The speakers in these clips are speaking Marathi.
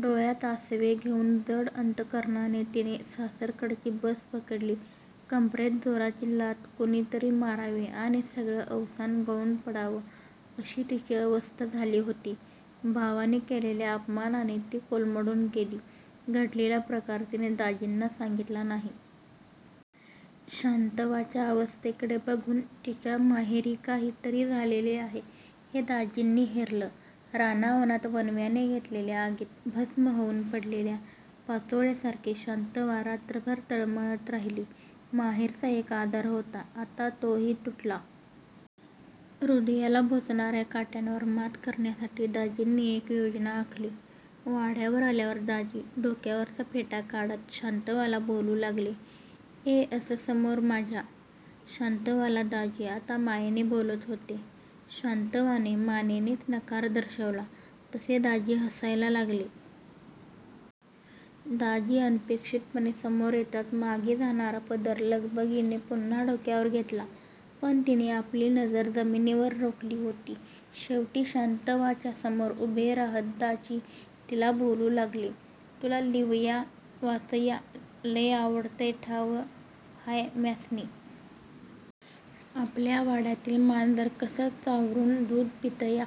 डोळ्यांत आसवे घेऊन जड अंतकरणाने तिने सासरकडची बस पकडली. कंबरेत जोराची लाथ कुणी तरी मारावी आणि सगळं अवसान गळून पडावं अशी तिची अवस्था झाली होती. भावाने केलेल्या अपमानाने ती कोलमडून गेली. घडलेला प्रकार तिने दाजींना सांगितला नाही. शांतव्वाच्या अवस्थेकडे बघून तिच्या माहेरी काही तरी झालेलं आहे हे दाजींनी हेरलं. राना वनात वणव्याने घेतलेल्या आगीत भस्म होऊन पडलेल्या पाचोळ्यासारखी शांतव्वा रात्रभर तळमळत राहिली. माहेरचा एक आधार होता आता तो हि तुटला. हृदयाला बोचणाऱ्या काट्यांवर मात करण्यासाठी दाजींनी एक योजना आखली. वाड्यावर आल्यावर दाजी डोक्यावरचा फेटा काढत शांतव्वाला बोलू लागले, "ये अस्सं समोर माझ्या". शांतव्वाला दाजी आता मायेने बोलत होते. शांतव्वाने मानेनेच नकार दर्शवला. तसे दाजी हसायला लागले. दाजी अनपेक्षितपणे समोर येताच मागे जाणारा पदर लगबगीने पुन्हा डोक्यावर घेतला. पण तिने आपली नजर जमिनीवर रोखली होती. शेवटी शांतव्वाच्यासमोर उभे राहत दाजी तिला बोलू लागले, "तुला लिवया वाचया लयं आवडतंय ठावं हाय म्यास्नी. आपल्या वाड्यातील मांजर कसं च्वारुन दूध पितया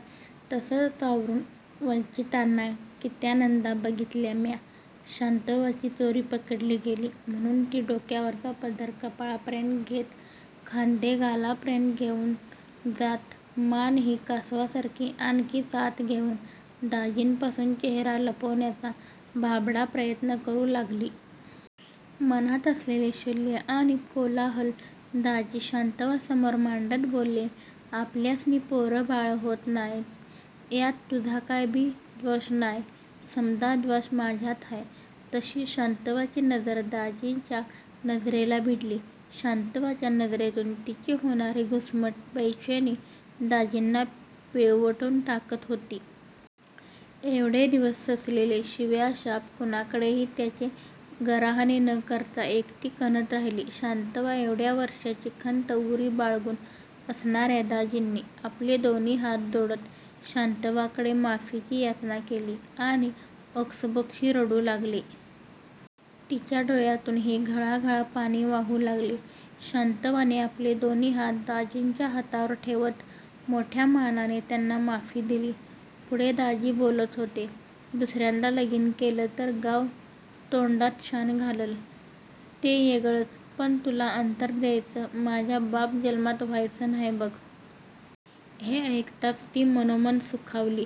तसं तुला च्वारुन वाचितांना कीत्यानंदा बघितल्या म्या". शांतव्वाची चोरी पकडली गेली म्हणून ती डोक्यावरचा पदर कपाळापर्यंत घेत खांदे गालापर्यंत घेऊन जात मान हि कासवासारखी आणखीनच आत घेऊन दाजींपासून चेहरा लपवण्याचा भाबडा प्रयत्न करू लागली. मनांत असलेले शल्य आणि कोलाहल दाजी शांतव्वासमोर मांडत बोले, "आपल्यास्नी पोर बाळ होत नाय यात तुझा काय बी द्वाश नाय. समदा द्वाश माझ्यात हाय. " तशी शांतव्वाची नजर दाजीच्या नजरेला भिडली. शांतव्वाच्या नजरेतून तिची होणारी घुसमट, बैचेनी दाजींना पिळवटून टाकत होती. एवढे दिवस सोसलेले शिव्या शाप कुणाकडे हि त्याचे गराहने न करता एकटी कण्हत राहिली शांतव्वा. एवढ्या वर्षांची खंत उरी बाळगून असणाऱ्या दाजींनी आपले दोन्ही हात जोडत शांतव्वाकडे माफीची याचना केली आणि ओक्सबोक्शी रडू लागले. तिच्या डोळ्यांतून हि घळा घळा पाणी वाहू लागले. शांतव्वाने आपले दोन्ही हात दाजींच्या हातावर ठेवत मोठया मानाने त्यांना माफी दिली. पुढे दाजी बोलत होते, "दुसऱ्यांदा लगीन केलं तर गाव तोंडात शानं घाललं ते येगळंच पण तुला अंतर द्यायचं माझ्या बाप जन्मात व्हायाचं नाय बघ. हे ऐकताच ती मनोमन सुखावली.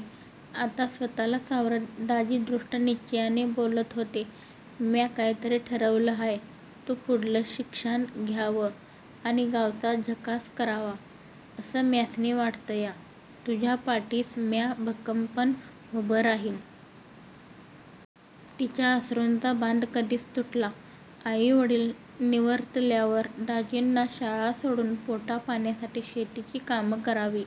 आता स्वतःला सावरत दाजी दृढ निश्च्याने बोलत होते, "म्या काय तरी ठरवलं हाय. तु पुढलं शिकशान घ्यावं आणि गावचा इकास करावा असं म्यास्नी वाटतया. तुझ्या पाठीस म्या भक्कमपण उभा राहीन". तिच्या अश्रूंचा बांध कधीच तुटला. आई वडील निवर्तल्यावर दाजींना शाळा सोडून पोटा पाण्यासाठी शेतीची कामं करावी